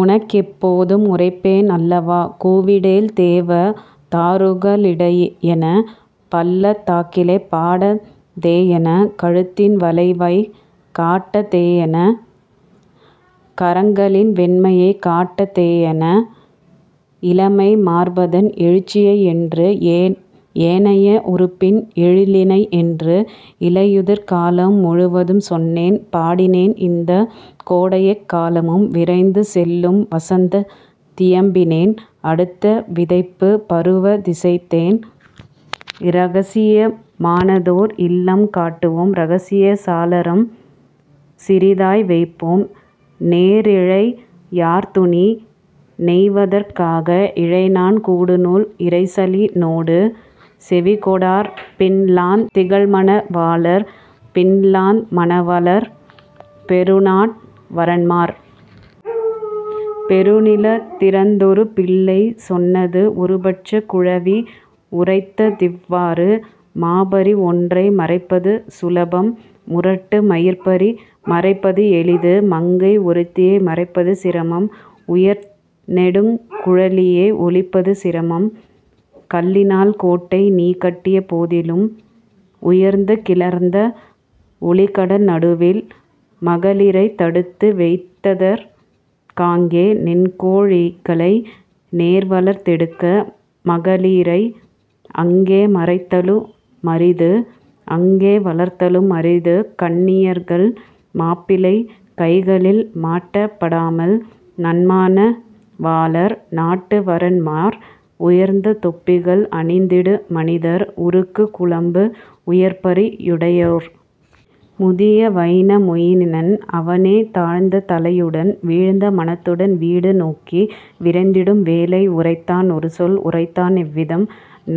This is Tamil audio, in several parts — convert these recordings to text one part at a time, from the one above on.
உனக்கெப் போதும் உரைப்பேன் அல்லவா,। கூவிடேல் தேவ தாருக ளிடையென, பள்ளத் தாக்கிலே பாடா தேயென, கழுத்தின் வளைவைக் காட்டா தேயென, கரங்களின் வெண்மையைக் காட்டா தேயென, இளமை மார்பதன் எழுச்சியை என்று, ஏனைய உறுப்பின் எழிலினை என்று! இலையுதிர் காலம் முழுவதும் சொன்னேன் பாடினேன் இந்தக் கோடைஎக் காலமும் விரைந்து செல்லும் வசந்தத் தியம்பினேன் அடுத்த விதைப்புப் பருவத் திசைத்தேன்: இரகசிய மானதோர் இல்லம் காட்டுவோம் இரகசியச் சாளரம் சிறிதாய் வைப்போம் நேரிழை யார்துணி நெய்வதற் காக இழைநான் கூடுநூல் இரைச்சலி னோடு, செவிகொடார் பின்லாந் திகழ்மண வாளர் பின்லாந் மணவளர், பெருநாட் வரன்மார். " பெருநிலத் திருந்தொரு பிள்ளை சொன்னது ஒருபட்சக் குழவி உரைத்ததிவ் வாறு: "மாபரி ஒன்றை மறைப்பது சுலபம் முரட்டு மயிர்ப்பரி மறைப்பது எளிது மங்கை ஒருத்தியை மறைப்பது சிரமம் உயர்நெடுங் குழலியை ஒளிப்பது சிரமம்; கல்லினால் கோட்டைநீ கட்டிய போதிலும் உயர்ந்து கிளர்ந்த ஒலிகடல் நடுவில் மகளிரைத் தடுத்து வைத்தற் காங்கே நின்கோ ழிகளை நேர்வளர்த் தெடுக்க மகளிரை அங்கே மறைத்தலு மரிது அங்கே வளர்தலும் அரிதுகன் னியர்கள் மாப்பிளை கைகளில் மாட்டப் படாமல் நன்மாண வாளர், நாட்டு வரன்மார், உயர்ந்த தொப்பிகள் அணிந்திடு மனிதர் உருக்குக் குளம்பு உயர்பரி யுடையோர். " முதிய வைனா மொயினன் அவனே தாழ்ந்த தலையுடன் வீழ்ந்த மனத்துடன் வீடு நோக்கி விரைந்திடும் வேளை உரைத்தான் ஒருசொல் உரைத்தான் இவ்விதம்: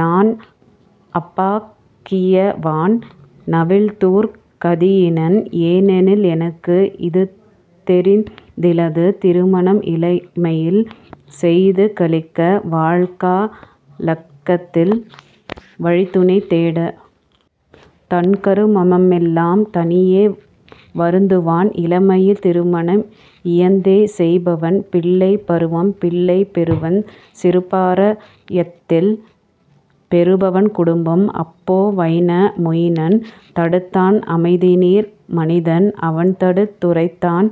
"நான்அபாக் கியவான் நவில்துர்க் கதியினன் ஏனெனில் எனக்கு இதுதெரிந் திலது திருமணம் இளமையில் செய்து களிக்க வாழ்கா லக்கத்தில் வழித்துணை தேட! தன்கரு மம்மெலாம் தனியே வருந்துவான் இளமையில் திருமணம் இயைந்தே செய்பவன் பிள்ளைப் பருவம் பிள்ளைப் பெறுவன் சிறுபரா யத்தில் பெறுபவன் குடும்பம். " அப்போ வைனா மொயினன் தடுத்தான் அமைதிநீர் மனிதன் அவன்தடுத் துரைத்தான்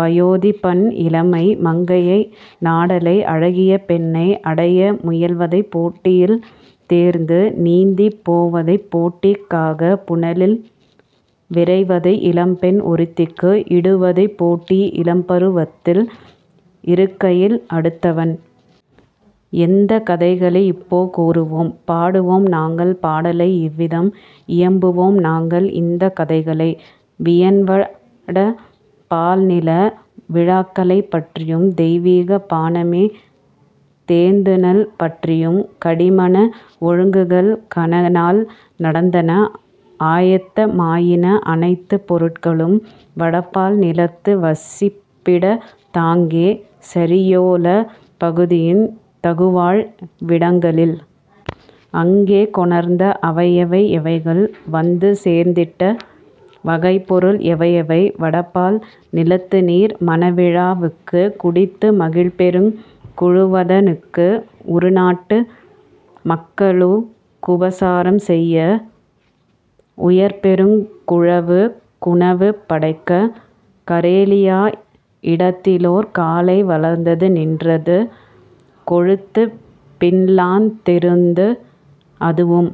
வயோதிபன் இளமை மங்கையை நாடலை அழகிய பெண்ணை அடைய முயல்வதை போட்டியில் தேர்ந்து நீந்திப் போவதை போட்டிக் காகப் புனலில் விரைவதை இளம்பெண் ஒருத்திக்கு இடுவதைப் போட்டி இளம்பரு வத்தில் இருக்கையில் அடுத்தவன். எந்தக் கதைகளை இப்போ கூறுவோம்? பாடுவோம் நாங்கள் பாடலை இவ்விதம் இயம்புவோம் நாங்கள் இந்தக் கதைகளை: வியன்வட பால்நில விழாக்களைப் பற்றியும் தெய்வீகப் பானமே தேர்ந்தணல் பற்றியும். கடிமண ஒழுங்குகள் கனநாள் நடந்தன ஆயத்த மாயின அனைத்துப் பொருட்களும் வடபால் நிலத்து வசிப்பிடத் தாங்கே சரியோலாப் பகுதியின் தகுவாழ் விடங்களில். அங்கே கொணர்ந்த அவைஎவை எவைகள் வந்து சேர்ந்திட்ட வகைப்பொருள் எவைஎவை வடபால் நிலத்துநீர் மணவிழா வுக்கு குடித்து மகிழ்பெருங் குழுவத னுக்கு உறுநாட்டு மக்களுக் குபசாரம் செய்ய உயர்பெருங் குழவு குணவு படைக்க. கரேலியா இடத்திலோர் காளை வளர்ந்தது நின்றது கொழுத்துப் பின்லாந் தெருந்து அதுவும்